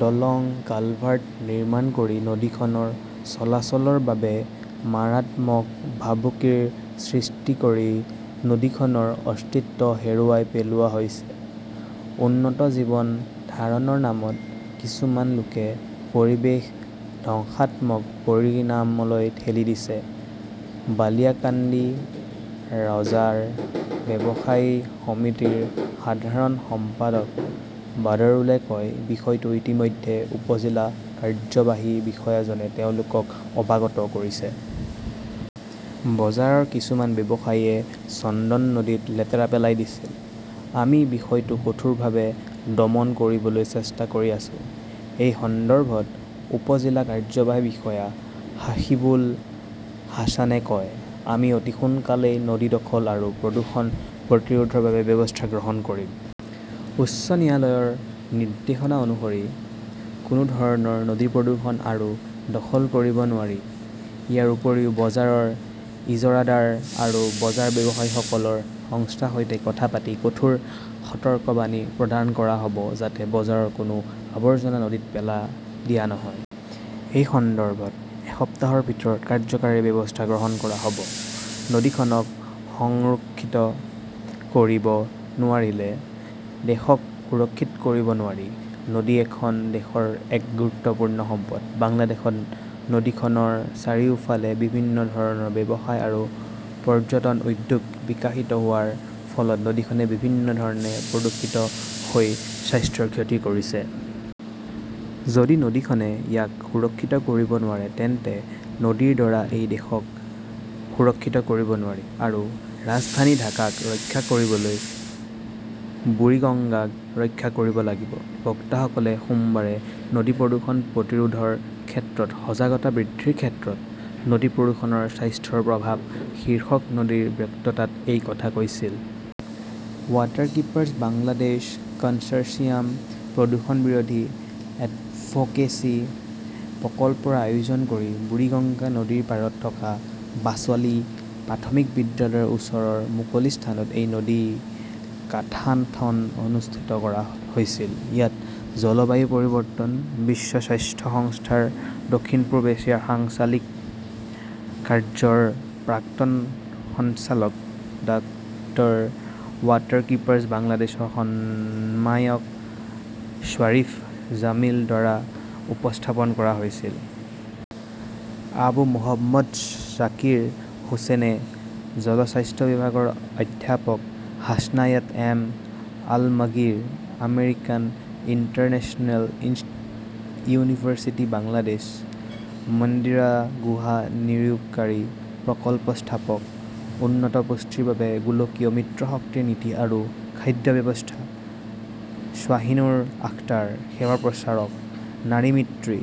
দলং-কালভাৰ্ট নিৰ্মাণ কৰি নদীখনৰ চলাচলৰ বাবে মাৰাত্মক ভাবুকিৰ সৃষ্টি কৰি নদীখনৰ অস্তিত্ব হেৰুৱাই পেলোৱা হৈছে। উন্নত জীৱন ধাৰণৰ নামত কিছুমান লোকে পৰিৱেশ ধ্বংসাত্মক পৰিণামলৈ ঠেলি দিছে। বালিয়াকান্দি বজাৰ ব্যৱসায়ী সমিতিৰ সাধাৰণ সম্পাদক বাদৰুলে কয়, বিষয়টো ইতিমধ্যে উপ-জিলা কাৰ্যবাহী বিষয়াজনে তেওঁলোকক অৱগত কৰিছে। বজাৰৰ কিছুমান ব্যৱসায়ীয়ে চন্দন নদীত লেতেৰা পেলাই দিছিল। আমি বিষয়টো কঠোৰভাৱে দমন কৰিবলৈ চেষ্টা কৰি আছো। এই সন্দৰ্ভত উপ-জিলা কাৰ্যবাহী বিষয়া হাসিবুল হাছানে কয়, আমি অতি সোনকালেই নদী দখল আৰু প্ৰদূষণ প্ৰতিৰোধৰ বাবে ব্যৱস্থা গ্ৰহণ কৰিম। উচ্চ ন্যায়ালয়ৰ নিৰ্দেশনা অনুসৰি কোনো ধৰণৰ নদী প্ৰদূষণ আৰু দখল কৰিব নোৱাৰি। ইয়াৰ উপৰিও বজাৰৰ ইজৰাদাৰ আৰু বজাৰ ব্যৱসায়ীসকলৰ সংস্থাৰ সৈতে কথা পাতি কঠোৰ সতৰ্কবাণী প্ৰদান কৰা হ'ব যাতে বজাৰৰ কোনো আৱৰ্জনা নদীত পেলাই দিয়া নহয়। এই সন্দৰ্ভত এসপ্তাহৰ ভিতৰত কাৰ্যকৰী ব্যৱস্থা গ্ৰহণ কৰা হ'ব। নদীখনক সুৰক্ষিত কৰিব নোৱাৰিলে, দেশক সুৰক্ষিত কৰিব নোৱাৰি নদী এখন দেশৰ এক গুৰুত্বপূৰ্ণ সম্পদ। বাংলাদেশত নদীখনৰ চাৰিওফালে বিভিন্ন ধৰণৰ ব্যৱসায় আৰু পৰ্যটন উদ্যোগ বিকশিত হোৱাৰ ফলত নদীখনে বিভিন্ন ধৰণে প্ৰদূষিত হৈ স্বাস্থ্যৰ ক্ষতি কৰিছে। যদি নদীখনে ইয়াক সুৰক্ষিত কৰিব নোৱাৰে তেন্তে নদীৰ দ্বাৰা এই দেশক সুৰক্ষিত কৰিব নোৱাৰি। আৰু ৰাজধানী ঢাকাক ৰক্ষা কৰিবলৈ বুৰিগংগাক ৰক্ষা কৰিব লাগিব। বক্তাসকলে সোমবাৰে নদী প্ৰদূষণ প্ৰতিৰোধৰ ক্ষেত্ৰত সজাগতা বৃদ্ধিৰ ক্ষেত্ৰত নদী প্ৰদূষণৰ স্বাস্থ্যৰ প্ৰভাৱ শীৰ্ষক নদীৰ বক্তৃতাত এই কথা কৈছিল। ৱাটাৰকিপাৰ্ছ বাংলাদেশ কনচৰ্টিয়ামৰ প্ৰদূষণ বিৰোধী এডভোকেচি প্ৰকল্পৰ আয়োজন কৰি বুৰিগঙ্গা নদীৰ পাৰত থকা বাচিলা প্ৰাথমিক বিদ্যালয়ৰ ওচৰৰ মুকলি স্থানত এই নদীকাথাথন অনুষ্ঠিত কৰা হৈছিল। ইয়াত জলবায়ু পৰিৱৰ্তন, বিশ্ব স্বাস্থ্য সংস্থাৰ দক্ষিণ-পূব এছিয়াৰ আঞ্চলিক কাৰ্যালয়ৰ প্ৰাক্তন সঞ্চালক ডাঃৱাটাৰকীপাৰ্ছ বাংলাদেশৰ সমন্বয়ক শ্বৰীফ জামিলৰ দ্বাৰা উপস্থাপন কৰা হৈছে। আবু মহম্মদ জাকিৰ হোসেন, জনস্বাস্থ্য বিভাগৰ অধ্যাপক Hasanat M. Alamgir, American International University Bangladesh, Mandira Guha নিয়োগকাৰী, প্ৰকল্প ব্যৱস্থাপক, উন্নত পুষ্টিৰ বাবে গোলকীয় মিত্ৰশক্তিৰ নীতি আৰু খাদ্য ব্যৱস্থা, শ্বাহিনূৰ আখতাৰ, সেৱা প্ৰচাৰক, নাৰী মিত্ৰী,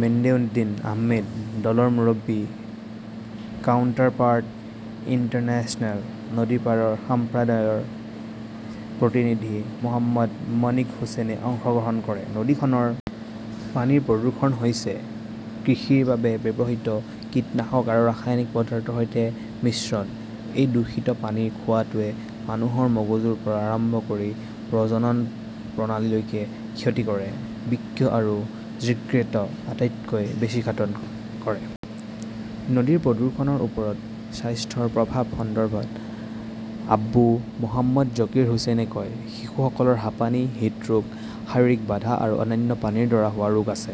মেইনউদ্দিন আহমেদ, দলৰ মুৰব্বী, কাউণ্টাৰপাৰ্ট ইণ্টাৰনেশ্যনেল, নদীপাৰৰ সম্প্ৰদায়ৰ প্ৰতিনিধি মহম্মদ মাণিক হুসেনে অংশগ্ৰহণ কৰে। নদীখনৰ পানীৰ প্ৰদূষণ হৈছে কৃষিৰ বাবে ব্যৱহৃত কীটনাশক আৰু ৰাসায়নিক পদাৰ্থৰ পানীৰ সৈতে মিশ্ৰণ। এই দূষিত পানী খোৱাটোৱে মানুহৰ মগজুৰ পৰা আৰম্ভ কৰি প্ৰজনন প্ৰণালীলৈকে ক্ষতি কৰে। বৃক্ক আৰু যকৃত আটাইতকৈ বেছি ক্ষতিগ্ৰস্ত হয়। নদীৰ প্ৰদূষণৰ ওপৰত স্বাস্থ্যৰ প্ৰভাৱৰ সন্দৰ্ভত। আবু মহম্মদ জাকিৰ হুচেইনে কয়, শিশুসকলৰ হাপানী, হৃদৰোগ, শাৰীৰিক বাধা আৰু অন্যান্য পানীৰ দ্বাৰা হোৱা ৰোগ আছে।